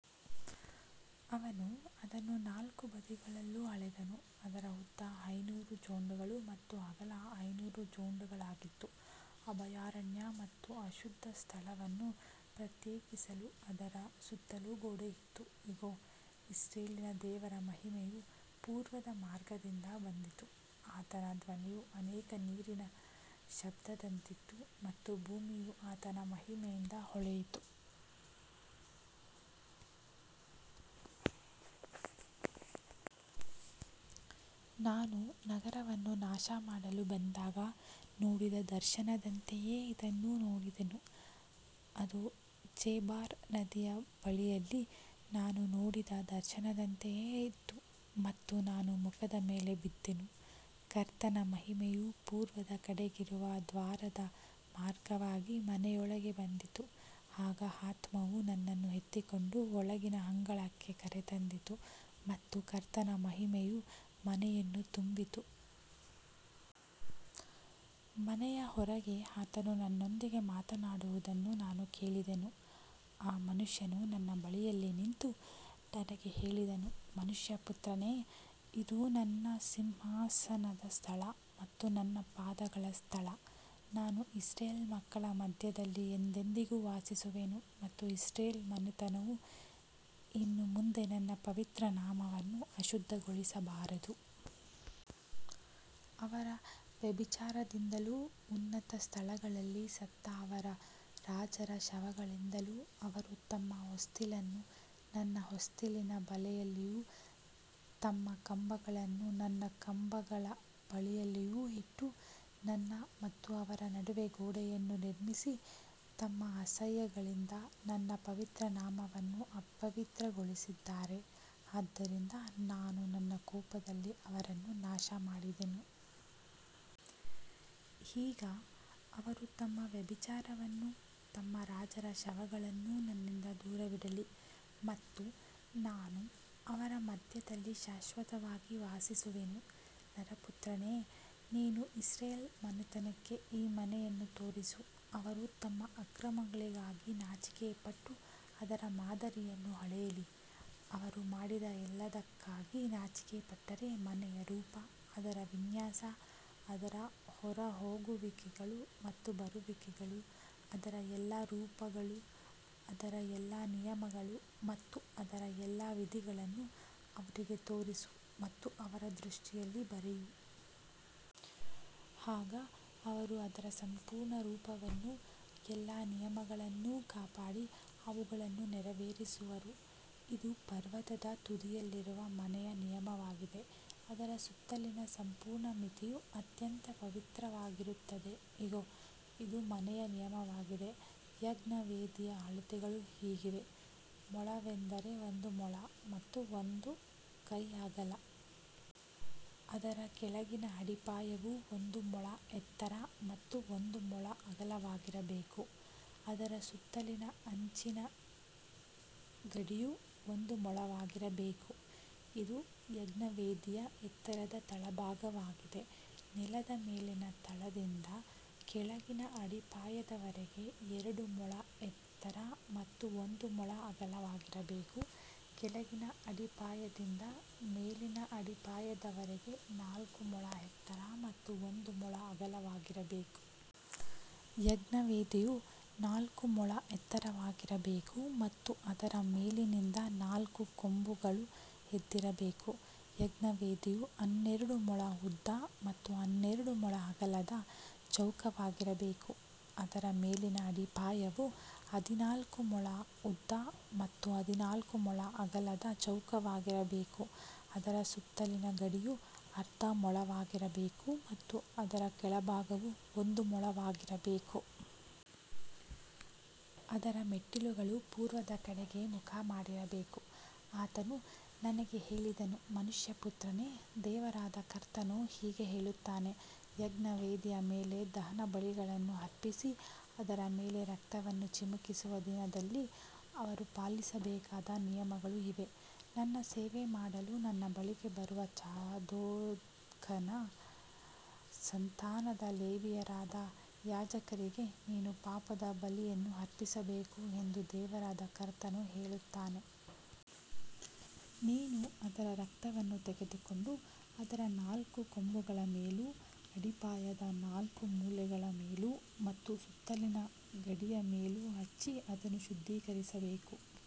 ಅವನು ಅದನ್ನು ನಾಲ್ಕು ಬದಿಗಳಲ್ಲೂ ಅಳೆದನು. ಅದರ ಉದ್ದ ಐನೂರು ಜೊಂಡುಗಳು ಮತ್ತು ಅಗಲ ಐನೂರು ಜೊಂಡುಗಳಾಗಿತ್ತು. ಅಭಯಾರಣ್ಯ ಮತ್ತು ಅಶುದ್ಧ ಸ್ಥಳವನ್ನು ಪ್ರತ್ಯೇಕಿಸಲು ಅದರ ಸುತ್ತಲೂ ಗೋಡೆಯಿತ್ತು. ಇಗೋ, ಇಸ್ರಾಯೇಲಿನ ದೇವರ ಮಹಿಮೆಯು ಪೂರ್ವದ ಮಾರ್ಗದಿಂದ ಬಂದಿತು. ಆತನ ಧ್ವನಿಯು ಅನೇಕ ನೀರಿನ ಶಬ್ದದಂತಿತ್ತು ಮತ್ತು ಭೂಮಿಯು ಆತನ ಮಹಿಮೆಯಿಂದ ಹೊಳೆಯಿತು. ನಾನು ನಗರವನ್ನು ನಾಶಮಾಡಲು ಬಂದಾಗ ನೋಡಿದ ದರ್ಶನದಂತೆಯೇ ಇದನ್ನೂ ನೋಡಿದೆನು. ಅದು ಚೇಬಾರ್ ನದಿಯ ಬಳಿಯಲ್ಲಿ ನಾನು ನೋಡಿದ ದರ್ಶನದಂತೆಯೇ ಇತ್ತು ಮತ್ತು ನಾನು ಮುಖದ ಮೇಲೆ ಬಿದ್ದೆನು. ಕರ್ತನ ಮಹಿಮೆಯು ಪೂರ್ವದ ಕಡೆಗಿರುವ ದ್ವಾರದ ಮಾರ್ಗವಾಗಿ ಮನೆಯೊಳಗೆ ಬಂದಿತು. ಆಗ ಆತ್ಮವು ನನ್ನನ್ನು ಎತ್ತಿಕೊಂಡು ಒಳಗಿನ ಅಂಗಳಕ್ಕೆ ಕರೆತಂದಿತು ಮತ್ತು ಕರ್ತನ ಮಹಿಮೆಯು ಮನೆಯನ್ನು ತುಂಬಿತು. ಮನೆಯ ಹೊರಗೆ ಆತನು ನನ್ನೊಂದಿಗೆ ಮಾತನಾಡುವುದನ್ನು ನಾನು ಕೇಳಿದೆನು. ಆ ಮನುಷ್ಯನು ನನ್ನ ಬಳಿಯಲ್ಲಿ ನಿಂತು ನನಗೆ ಹೇಳಿದನು, ಮನುಷ್ಯಪುತ್ರನೇ, ಇದು ನನ್ನ ಸಿಂಹಾಸನದ ಸ್ಥಳ ಮತ್ತು ನನ್ನ ಪಾದಗಳ ಸ್ಥಳ. ನಾನು ಇಸ್ರಾಯೇಲ್ ಮಕ್ಕಳ ಮಧ್ಯದಲ್ಲಿ ಎಂದೆಂದಿಗೂ ವಾಸಿಸುವೆನು ಮತ್ತು ಇಸ್ರಾಯೇಲ್ ಮನೆತನವು ಇನ್ನು ಮುಂದೆ ನನ್ನ ಪವಿತ್ರ ನಾಮವನ್ನು ಅಶುದ್ಧಗೊಳಿಸಬಾರದು. ಅವರ ವ್ಯಭಿಚಾರದಿಂದಲೂ, ಉನ್ನತ ಸ್ಥಳಗಳಲ್ಲಿ ಸತ್ತ ಅವರ ರಾಜರ ಶವಗಳಿಂದಲೂ, ಅವರು ತಮ್ಮ ಹೊಸ್ತಿಲನ್ನು ನನ್ನ ಹೊಸ್ತಿಲಿನ ಬಳಿಯಲ್ಲಿಯೂ ತಮ್ಮ ಕಂಬಗಳನ್ನು ನನ್ನ ಕಂಬಗಳ ಬಳಿಯಲ್ಲಿಯೂ ಇಟ್ಟು, ನನ್ನ ಮತ್ತು ಅವರ ನಡುವೆ ಗೋಡೆಯನ್ನು ನಿರ್ಮಿಸಿ ತಮ್ಮ ಅಸಹ್ಯಗಳಿಂದ ನನ್ನ ಪವಿತ್ರ ನಾಮವನ್ನು ಅಪವಿತ್ರಗೊಳಿಸಿದ್ದಾರೆ. ಆದ್ದರಿಂದ ನಾನು ನನ್ನ ಕೋಪದಲ್ಲಿ ಅವರನ್ನು ನಾಶಮಾಡಿದೆನು. ಈಗ ಅವರು ತಮ್ಮ ವ್ಯಭಿಚಾರವನ್ನೂ ತಮ್ಮ ರಾಜರ ಶವಗಳನ್ನೂ ನನ್ನಿಂದ ದೂರವಿಡಲಿ ಮತ್ತು ನಾನು ಅವರ ಮಧ್ಯದಲ್ಲಿ ಶಾಶ್ವತವಾಗಿ ವಾಸಿಸುವೆನು. ನರಪುತ್ರನೇ, ನೀನು ಇಸ್ರಾಯೇಲ್ ಮನೆತನಕ್ಕೆ ಈ ಮನೆಯನ್ನು ತೋರಿಸು. ಅವರು ತಮ್ಮ ಅಕ್ರಮಗಳಿಗಾಗಿ ನಾಚಿಕೆಪಟ್ಟು ಅದರ ಮಾದರಿಯನ್ನು ಅಳೆಯಲಿ. ಅವರು ಮಾಡಿದ ಎಲ್ಲದಕ್ಕಾಗಿ ನಾಚಿಕೆಪಟ್ಟರೆ, ಮನೆಯ ರೂಪ, ಅದರ ವಿನ್ಯಾಸ, ಅದರ ಹೊರಹೋಗುವಿಕೆಗಳು ಮತ್ತು ಬರುವಿಕೆಗಳು, ಅದರ ಎಲ್ಲಾ ರೂಪಗಳು, ಅದರ ಎಲ್ಲಾ ನಿಯಮಗಳು ಮತ್ತು ಅದರ ಎಲ್ಲಾ ವಿಧಿಗಳನ್ನು ಅವರಿಗೆ ತೋರಿಸು ಮತ್ತು ಅವರ ದೃಷ್ಟಿಯಲ್ಲಿ ಬರೆಯು. ಆಗ ಅವರು ಅದರ ಸಂಪೂರ್ಣ ರೂಪವನ್ನೂ ಎಲ್ಲಾ ನಿಯಮಗಳನ್ನೂ ಕಾಪಾಡಿ ಅವುಗಳನ್ನು ನೆರವೇರಿಸುವರು. ಇದು ಪರ್ವತದ ತುದಿಯಲ್ಲಿರುವ ಮನೆಯ ನಿಯಮವಾಗಿದೆ. ಅದರ ಸುತ್ತಲಿನ ಸಂಪೂರ್ಣ ಮಿತಿಯು ಅತ್ಯಂತ ಪವಿತ್ರವಾಗಿರುತ್ತದೆ. ಇಗೋ, ಇದು ಮನೆಯ ನಿಯಮವಾಗಿದೆ. ಯಜ್ಞವೇದಿಯ ಅಳತೆಗಳು ಹೀಗಿವೆ. ಮೊಳವೆಂದರೆ ಒಂದು ಮೊಳ ಮತ್ತು ಒಂದು ಕೈ ಅಗಲ. ಅದರ ಕೆಳಗಿನ ಅಡಿಪಾಯವು ಒಂದು ಮೊಳ ಎತ್ತರ ಮತ್ತು ಒಂದು ಮೊಳ ಅಗಲವಾಗಿರಬೇಕು. ಅದರ ಸುತ್ತಲಿನ ಅಂಚಿನ ಗಡಿಯು ಒಂದು ಮೊಳವಾಗಿರಬೇಕು. ಇದು ಯಜ್ಞವೇದಿಯ ಎತ್ತರದ ತಳಭಾಗವಾಗಿದೆ. ನೆಲದ ಮೇಲಿನ ತಳದಿಂದ ಕೆಳಗಿನ ಅಡಿಪಾಯದವರೆಗೆ ಎರಡು ಮೊಳ ಎತ್ತರ ಮತ್ತು ಒಂದು ಮೊಳ ಅಗಲವಾಗಿರಬೇಕು. ಕೆಳಗಿನ ಅಡಿಪಾಯದಿಂದ ಮೇಲಿನ ಅಡಿಪಾಯದವರೆಗೆ ನಾಲ್ಕು ಮೊಳ ಎತ್ತರ ಮತ್ತು ಒಂದು ಮೊಳ ಅಗಲವಾಗಿರಬೇಕು. ಯಜ್ಞವೇದಿಯು ನಾಲ್ಕು ಮೊಳ ಎತ್ತರವಾಗಿರಬೇಕು ಮತ್ತು ಅದರ ಮೇಲಿನಿಂದ ನಾಲ್ಕು ಕೊಂಬುಗಳು ಎದ್ದಿರಬೇಕು. ಯಜ್ಞವೇದಿಯು ಹನ್ನೆರಡು ಮೊಳ ಉದ್ದ ಮತ್ತು ಹನ್ನೆರಡು ಮೊಳ ಅಗಲದ ಚೌಕವಾಗಿರಬೇಕು. ಅದರ ಮೇಲಿನ ಅಡಿಪಾಯವು ಹದಿನಾಲ್ಕು ಮೊಳ ಉದ್ದ ಮತ್ತು ಹದಿನಾಲ್ಕು ಮೊಳ ಅಗಲದ ಚೌಕವಾಗಿರಬೇಕು. ಅದರ ಸುತ್ತಲಿನ ಗಡಿಯು ಅರ್ಧ ಮೊಳವಾಗಿರಬೇಕು ಮತ್ತು ಅದರ ಕೆಳಭಾಗವು ಒಂದು ಮೊಳವಾಗಿರಬೇಕು. ಅದರ ಮೆಟ್ಟಿಲುಗಳು ಪೂರ್ವದ ಕಡೆಗೆ ಮುಖಮಾಡಿರಬೇಕು. ಆತನು ನನಗೆ ಹೇಳಿದನು, ಮನುಷ್ಯಪುತ್ರನೇ, ದೇವರಾದ ಕರ್ತನು ಹೀಗೆ ಹೇಳುತ್ತಾನೆ, ಯಜ್ಞವೇದಿಯ ಮೇಲೆ ದಹನಬಲಿಗಳನ್ನು ಅರ್ಪಿಸಿ ಅದರ ಮೇಲೆ ರಕ್ತವನ್ನು ಚಿಮುಕಿಸುವ ದಿನದಲ್ಲಿ ಅವರು ಪಾಲಿಸಬೇಕಾದ ನಿಯಮಗಳು ಇವೇ. ನನ್ನ ಸೇವೆ ಮಾಡಲು ನನ್ನ ಬಳಿಗೆ ಬರುವ ಚಾದೋಕನ ಸಂತಾನದ ಲೇವಿಯರಾದ ಯಾಜಕರಿಗೆ ನೀನು ಪಾಪದ ಬಲಿಯನ್ನು ಅರ್ಪಿಸಬೇಕು ಎಂದು ದೇವರಾದ ಕರ್ತನು ಹೇಳುತ್ತಾನೆ. ನೀನು ಅದರ ರಕ್ತವನ್ನು ತೆಗೆದುಕೊಂಡು ಅದರ ನಾಲ್ಕು ಕೊಂಬುಗಳ ಮೇಲೂ, ಅಡಿಪಾಯದ ನಾಲ್ಕು ಮೂಲೆಗಳ ಮೇಲೂ ಮತ್ತು ಸುತ್ತಲಿನ ಗಡಿಯ ಮೇಲೂ ಹಚ್ಚಿ ಅದನ್ನು ಶುದ್ಧೀಕರಿಸಬೇಕು.